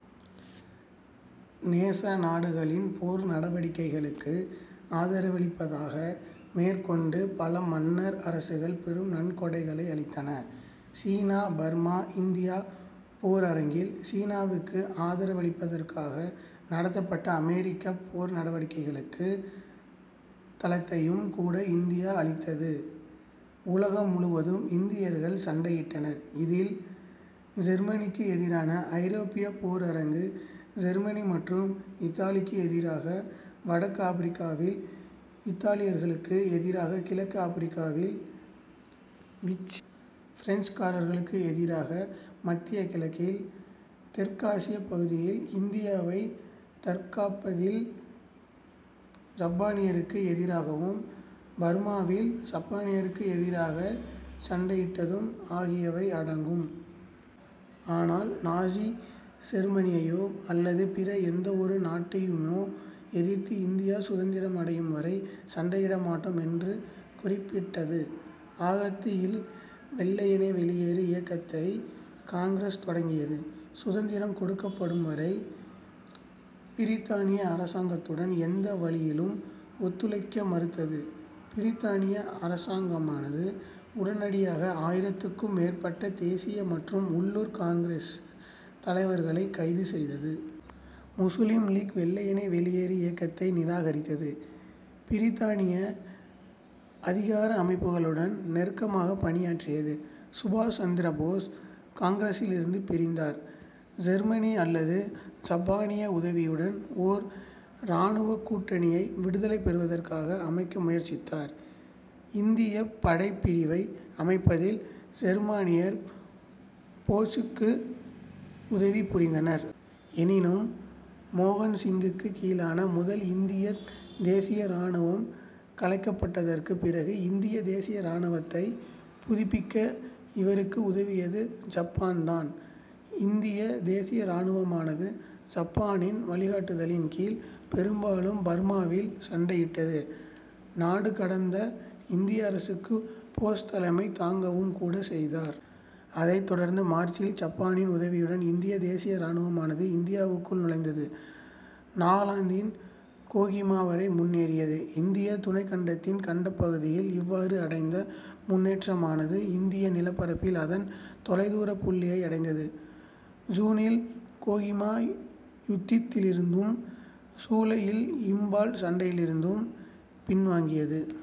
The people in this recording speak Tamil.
நேச நாடுகளின் போர் நடவடிக்கைகளுக்கு ஆதரவளிப்பதாக மேற்கொண்டு பல மன்னர் அரசுகள் பெரும் நன்கொடைகளை அளித்தன. சீனா, பர்மா, இந்தியா போர் அரங்கில் சீனாவுக்கு ஆதரவளிப்பதற்காக நடத்தப்பட்ட அமெரிக்கப் போர் நடவடிக்கைகளுக்கு தளத்தையும் கூட இந்தியா அளித்தது. உலகம் முழுவதும் இந்தியர்கள் சண்டையிட்டனர். இதில் செருமனிக்கு எதிரான ஐரோப்பியப் போர் அரங்கு, செருமனி மற்றும் இத்தாலிக்கு எதிராக வடக்கு ஆப்பிரிக்காவில், இத்தாலியர்களுக்கு எதிராக கிழக்கு ஆப்பிரிக்காவில், விச்சி பிரெஞ்சுக்காரர்களுக்கு எதிராக மத்திய கிழக்கில், தெற்காசியப் பகுதியில் இந்தியாவைத் தற்காப்பதில் சப்பானியருக்கு எதிராக மற்றும் பர்மாவில் சப்பானியருக்கு எதிராகச் சண்டையிட்டது ஆகியவை அடங்கும். ஆனால், நாசி செருமனியையோ அல்லது பிற எந்தவொரு நாட்டையுமோ எதிர்த்து இந்தியா சுதந்திரம் அடையும் வரை சண்டையிட மாட்டோம் என்று குறிப்பிட்டது. ஆகத்து இல் வெள்ளையனே வெளியேறு இயக்கத்தை காங்கிரசு தொடங்கியது. சுதந்திரம் கொடுக்கப்படும் வரை பிரித்தானிய அரசாங்கத்துடன் எந்த வழியிலும் ஒத்துழைக்க மறுத்தது. பிரித்தானிய அரசாங்கமானது உடனடியாக ஆயிரத்துக்கும் மேற்பட்ட தேசிய மற்றும் உள்ளூர் காங்கிரசு தலைவர்களைக் கைது செய்தது. முசுலிம் லீக் வெள்ளையனே வெளியேறு இயக்கத்தை நிராகரித்தது. பிரித்தானிய அதிகார அமைப்புகளுடன் நெருக்கமாகப் பணியாற்றியது. சுபாஷ் சந்திர போஸ் காங்கிரசிலிருந்து பிரிந்தார். செருமனி அல்லது சப்பானிய உதவியுடன் ஓர் இராணுவக் கூட்டணியை விடுதலை பெறுவதற்காக அமைக்க முயற்சித்தார். இந்தியப் படைப் பிரிவை அமைப்பதில் செருமானியர் போசுக்கு உதவி புரிந்தனர். எனினும், மோகன் சிங்குக்குக் கீழான முதல் இந்தியத் தேசிய இராணுவம் கலைக்கப்பட்டதற்குப் பிறகு இந்திய தேசிய இராணுவத்தை புதுப்பிக்க இவருக்கு உதவியது சப்பான் தான். இந்திய தேசிய இராணுவமானது சப்பானின் வழிகாட்டுதலின் கீழ் பெரும்பாலும் பர்மாவில் சண்டையிட்டது. நாடு கடந்த இந்திய அரசுக்குப் போஸ் தலைமை தாங்கவும் கூட செய்தார். அதைத் தொடர்ந்து மார்ச்சில் சப்பானின் உதவியுடன் இந்திய தேசிய இராணுவமானது இந்தியாவுக்குள் நுழைந்தது. நாகலாந்தின் கோகிமா வரை முன்னேறியது. இந்திய துணைக்கண்டத்தின் கண்டப் பகுதியில் இவ்வாறு அடைந்த முன்னேற்றமானது இந்திய நிலப்பரப்பில் அதன் தொலைதூரப் புள்ளியை அடைந்தது. சூனில் கோகிமா யுத்தத்திலிருந்தும், சூலை இல் இம்பால் சண்டையிலிருந்தும் பின் வாங்கியது.